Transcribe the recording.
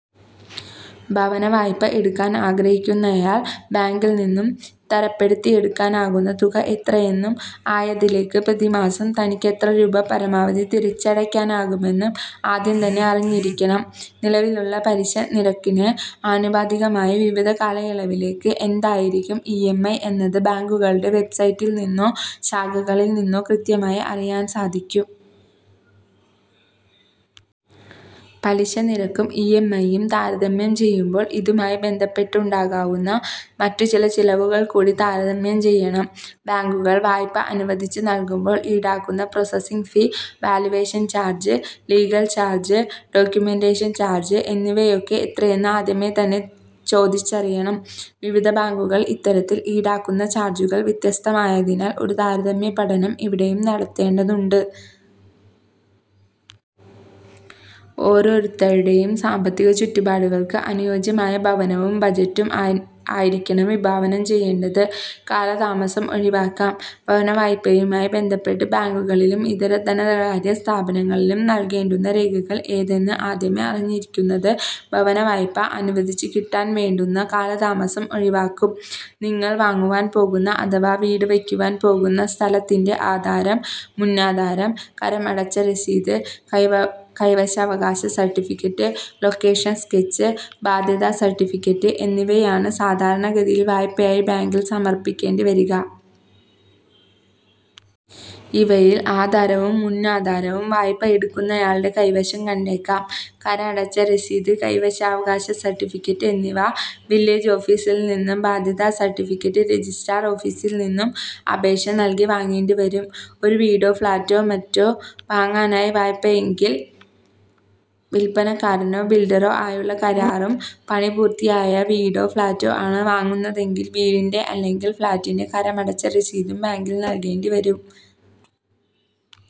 ഭവനവായ്പ എടുക്കാൻ ആഗ്രഹിക്കുന്നയാൾ ബാങ്കിൽനിന്നും തരപ്പെടുത്തിയെടുക്കാനാകുന്ന തുക എത്രയെന്നും ആയതിലേക്ക് പ്രതിമാസം തനിക്ക് എത്ര രൂപ പരമാവധി തിരിച്ചടയ്ക്കാനാകുമെന്നും ആദ്യം തന്നെ അറിഞ്ഞിരിക്കണം. നിലവിലുള്ള പലിശനിരക്കിന് ആനുപാതികമായി വിവിധ കാലയളവിലേക്ക് എന്തായിരിക്കും ഇ. എം. ഐ. എന്നത് ബാങ്കുകളുടെ വെബ്സൈറ്റിൽനിന്നോ ശാഖകളിൽനിന്നോ കൃത്യമായി അറിയാൻ സാധിക്കും. പലിശനിരക്കും ഇ. എം. ഐ. യും താരതമ്യം ചെയ്യുമ്പോൾ ഇതുമായി ബന്ധപ്പെട്ടുണ്ടാകാവുന്ന മറ്റുചില ചെലവുകൾകൂടി താരതമ്യം ചെയ്യണം. ബാങ്കുകൾ വായ്പ അനുവദിച്ചു നൽകുമ്പോൾ ഈടാക്കുന്ന processing fee, valuation charge, legal charge, documentation charge എന്നിവയൊക്കെ എത്രയെന്ന് ആദ്യമേതന്നെ ചോദിച്ചറിയണം. വിവിധ ബാങ്കുകൾ ഇത്തരത്തിൽ ഈടാക്കുന്ന ചാർജുകൾ വ്യത്യസ്തമായതിനാൽ ഒരു താരതമ്യപഠനം ഇവിടെയും നടത്തേണ്ടതുണ്ട്. ഓരോരുത്തരുടെയും സാമ്പത്തിക ചുറ്റുപാടുകൾക്ക് അനുയോജ്യമായ ഭവനവും ബജറ്റും ആയിരിക്കണം വിഭാവനം ചെയ്യേണ്ടത്. കാലതാമസം ഒഴിവാക്കാം ഭവനവായ്പയുമായി ബന്ധപ്പെട്ട് ബാങ്കുകളിലും ഇതര ധനകാര്യ സ്ഥാപനങ്ങളിലും നൽകേണ്ടുന്ന രേഖകൾ ഏതെന്ന് ആദ്യമേ അറിഞ്ഞിരിക്കുന്നത് ഭവനവായ്പ അനുവദിച്ചു കിട്ടാൻ വേണ്ടുന്ന കാലതാമസം ഒഴിവാക്കും. നിങ്ങൾ വാങ്ങുവാൻ പോകുന്ന അഥവാ വീടുവയ്ക്കുവാൻ പോകുന്ന സ്ഥലത്തിന്റെ ആധാരം, മുന്നാധാരം, കരം അടച്ച രസീത്, കൈവശാവകാശ സർട്ടിഫിക്കറ്റ്, ലൊക്കേഷൻ സ്കെച്ച്, ബാധ്യതാ സർട്ടിഫിക്കറ്റ് എന്നിവയാണ് സാധാരണ ഗതിയിൽ വായ്പയ്ക്കായി ബാങ്കിൽ സമർപ്പിക്കേണ്ടിവരിക. ഇവയിൽ ആധാരവും മുന്നാധാരവും വായ്പ എടുക്കുന്നയാളുടെ കൈവശം കണ്ടേക്കാം. കരം അടച്ച രസീത്, കൈവശാവകാശ സർട്ടിഫിക്കറ്റ് എന്നിവ വില്ലേജ് ഓഫീസിൽനിന്നും ബാധ്യത സർട്ടിഫിക്കറ്റ് രജിസ്ട്രാർ ഓഫീസിൽനിന്നും അപേക്ഷ നൽകി വാങ്ങേണ്ടി വരും. ഒരു വീടോ ഫ്ളാറ്റോ മറ്റോ വാങ്ങാനാണ് വായ്പയെങ്കിൽ വില്പനക്കാരനോ ബിൽഡറോ ആയുള്ള കരാറും പണിപൂർത്തിയായ വീടോ ഫ്ളാറ്റോ ആണ് വാങ്ങുന്നതെങ്കിൽ വീടിന്റെ അല്ലെങ്കിൽ ഫ്ളാറ്റിന്റെ കരം അടച്ച രസീതും ബാങ്കിൽ നൽകേണ്ടി വരും.